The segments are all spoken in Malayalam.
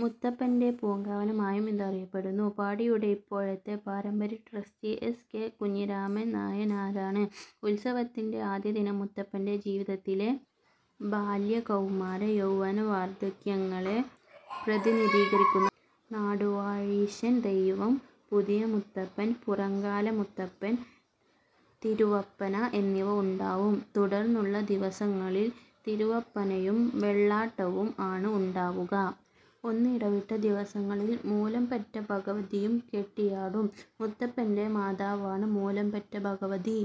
മുത്തപ്പന്റെ പൂങ്കാവനമായും ഇതറിയപ്പെടുന്നു. പാടിയുടെ ഇപ്പോഴത്തെ പാരമ്പര്യട്രസ്റ്റി എസ്. കെ. കുഞ്ഞിരാമൻ നായനാരാണ്. ഉത്സവത്തിന്റെ ആദ്യദിനം മുത്തപ്പന്റെ ജീവിതത്തിലെ ബാല്യ, കൗമാര, യൗവ്വന, വാർധക്യഘട്ടങ്ങളെ പ്രതിനിധീകരിക്കുന്ന നാടുവാഴീശൻ ദൈവം, പുതിയമുത്തപ്പൻ, പുറങ്കാല മുത്തപ്പൻ, തിരുവപ്പന എന്നിവ ഉണ്ടാവും. തുടർന്നുള്ള ദിവസങ്ങളിൽ തിരുവപ്പനയും വെള്ളാട്ടവും ആണ് ഉണ്ടാവുക. ഒന്നിടവിട്ട ദിവസങ്ങളിൽ മൂലംപെറ്റഭഗവതിയും കെട്ടിയാടും. മുത്തപ്പന്റെ മാതാവാണ് മൂലംപെറ്റ ഭഗവതി.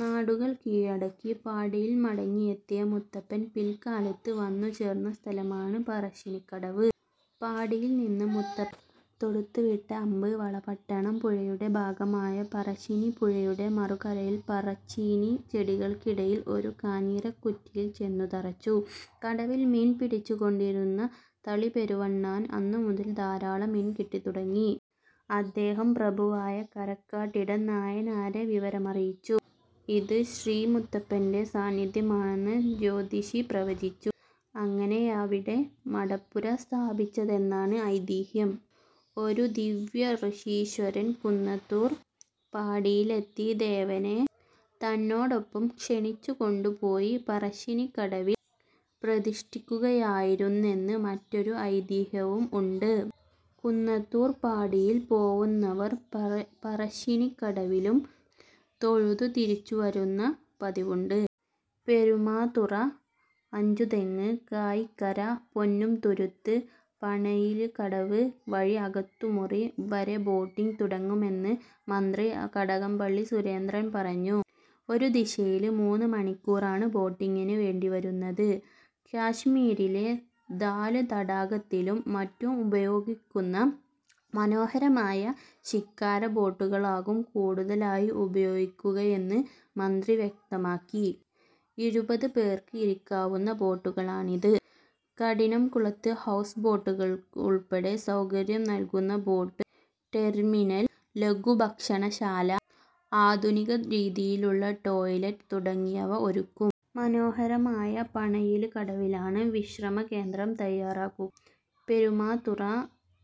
നാടുകൾ കീഴടക്കി പാടിയിൽ മടങ്ങിയെത്തിയ മുത്തപ്പൻ പിൽക്കാലത്ത് വന്നുചേർന്ന സ്ഥലമാണ് പറശ്ശിനിക്കടവ്. പാടിയിൽ നിന്ന് മുത്തപ്പൻ തൊടുത്തുവിട്ട അമ്പ് വളപട്ടണം പുഴയുടെ ഭാഗമായ പറശ്ശിനി പുഴയുടെ മറുകരയിൽ പറച്ചീനി ചെടികൾക്കിടയിൽ ഒരു കാഞ്ഞിരക്കുറ്റിയിൽ ചെന്നു തറച്ചു. കടവിൽ മീൻ പിടിച്ചുകൊണ്ടിരുന്ന തളിപെരുവണ്ണാന് അന്നു മുതൽ ധാരാളം മീൻ കിട്ടിത്തുടങ്ങി. അദ്ദേഹം പ്രഭുവായ കരക്കാട്ടിടം നായനാരെ വിവരമറിയിച്ചു. ഇത് ശ്രീമുത്തപ്പന്റെ സാന്നിധ്യമാണെന്ന് ജ്യോതിഷി പ്രവചിച്ചു. അങ്ങനെയാണവിടെ മടപ്പുര സ്ഥാപിച്ചതെന്നാണ് ഐതിഹ്യം. ഒരു ദിവ്യഋഷീശ്വരൻ കുന്നത്തൂർ പാടിയിലെത്തി ദേവനെ തന്നോടൊപ്പം ക്ഷണിച്ചുകൊണ്ടുപോയി പറശ്ശിനിക്കടവിൽ പ്രതിഷ്ഠിക്കുകയായിരുന്നെന്ന് മറ്റൊരു ഐതിഹ്യവും ഉണ്ട്. കുന്നത്തൂർ പാടിയിൽ പോവുന്നവർ പറശ്ശിനിക്കടവിലും തൊഴുതു തിരിച്ചുവരുന്ന പതിവുണ്ട്. പെരുമാതുറ, അഞ്ചുതെങ്ങ്, കായിക്കര, പൊന്നുംതുരുത്ത്, പണയില്കടവ് വഴി അകത്തുമുറി വരെ ബോട്ടിംഗ് തുടങ്ങുമെന്ന് മന്ത്രി കടകംപള്ളി സുരേന്ദ്രന് പറഞ്ഞു. ഒരു ദിശയില് മൂന്ന് മണിക്കൂറാണ് ബോട്ടിങ്ങിന് വേണ്ടിവരുന്നത്. കശ്മീരിലെ ദാല് തടാകത്തിലും മറ്റും ഉപയോഗിക്കുന്ന മനോഹരമായ ഷിക്കാര ബോട്ടുകളാകും കൂടുതലായി ഉപയോഗിക്കുകയെന്ന് മന്ത്രി വ്യക്തമാക്കി. ഇരുപത് പേര്ക്ക് ഇരിക്കാവുന്ന ബോട്ടുകളാണിത്. കഠിനംകുളത്ത് ഹൗസ് ബോട്ടുകള്ക്ക് ഉള്പ്പെടെ സൗകര്യം നല്കുന്ന ബോട്ട് ടെര്മിനല്, ലഘുഭക്ഷണശാല, ആധുനികരീതിയിലുള്ള ടോയ്ലറ്റ് തുടങ്ങിയവ ഒരുക്കും. മനോഹരമായ പണയില്കടവിലാണ് വിശ്രമകേന്ദ്രം തയ്യാറാക്കുക. പെരുമാതുറ,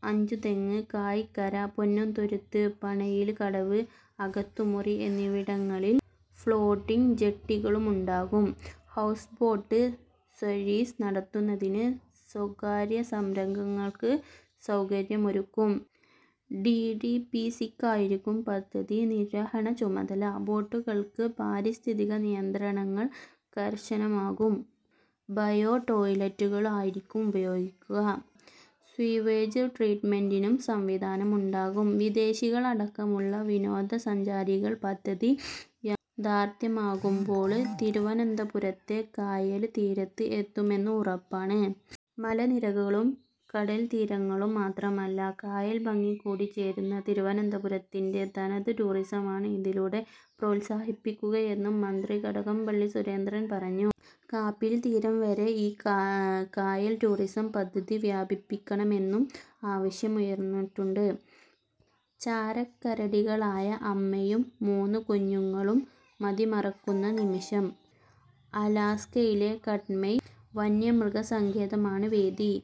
അഞ്ചുതെങ്ങ്, കായിക്കര, പൊന്നുംതുരുത്ത്, പണയില്കടവ്, അകത്തുമുറി എന്നിവിടങ്ങളില് ഫ്ളോട്ടിങ് ജട്ടികളുമുണ്ടാകും. ഹൗസ്ബോട്ട് സര്വീസ് നടത്തുന്നതിന് സ്വകാര്യസംരംഭകര്ക്ക് സൗകര്യമൊരുക്കും. ഡിടിപിസിക്കായിരിക്കും പദ്ധതി നിര്വഹണ ചുമതല. ബോട്ടുകള്ക്ക് പാരിസ്ഥിതിക നിയന്ത്രണങ്ങള് കര്ശനമാക്കും. ബയോടോയ് ലറ്റുകള് ആയിരിക്കും ഉപയോഗിക്കുക. സ്വീവേജ് ട്രീറ്റ്മെന്റിനും സംവിധാനമുണ്ടാകും. വിദേശികളടക്കമുള്ള വിനോദസഞ്ചാരികള് പദ്ധതി യാഥാര്ത്ഥ്യമാകുമ്പോള് തിരുവനന്തപുരത്തെ കായല് തീരത്തേക്ക് എത്തുമെന്ന് ഉറപ്പാണ്. മലനിരകളും, കടല്തീരങ്ങളും മാത്രമല്ല കായല് ഭംഗി കൂടി ചേരുന്ന തിരുവനന്തപുരത്തിന്റെ തനത് ടൂറിസമാണ് ഇതിലൂടെ പ്രോത്സാഹിപ്പിക്കുകയെന്നും മന്ത്രി കടകംപള്ളി സുരേന്ദ്രന് പറഞ്ഞു. കാപ്പില് തീരം വരെ ഈ കായല്ടൂറിസം പദ്ധതി വ്യാപിപ്പിക്കണമെന്നും ആവശ്യമുയര്ന്നിട്ടുണ്ട്. ചാരക്കരടികളായ അമ്മയും മൂന്ന് കുഞ്ഞുങ്ങളും മതിമറക്കുന്ന നിമിഷം. അലാസ്കയിലെ കട്മൈ വന്യമൃഗസങ്കേതമാണ് വേദി.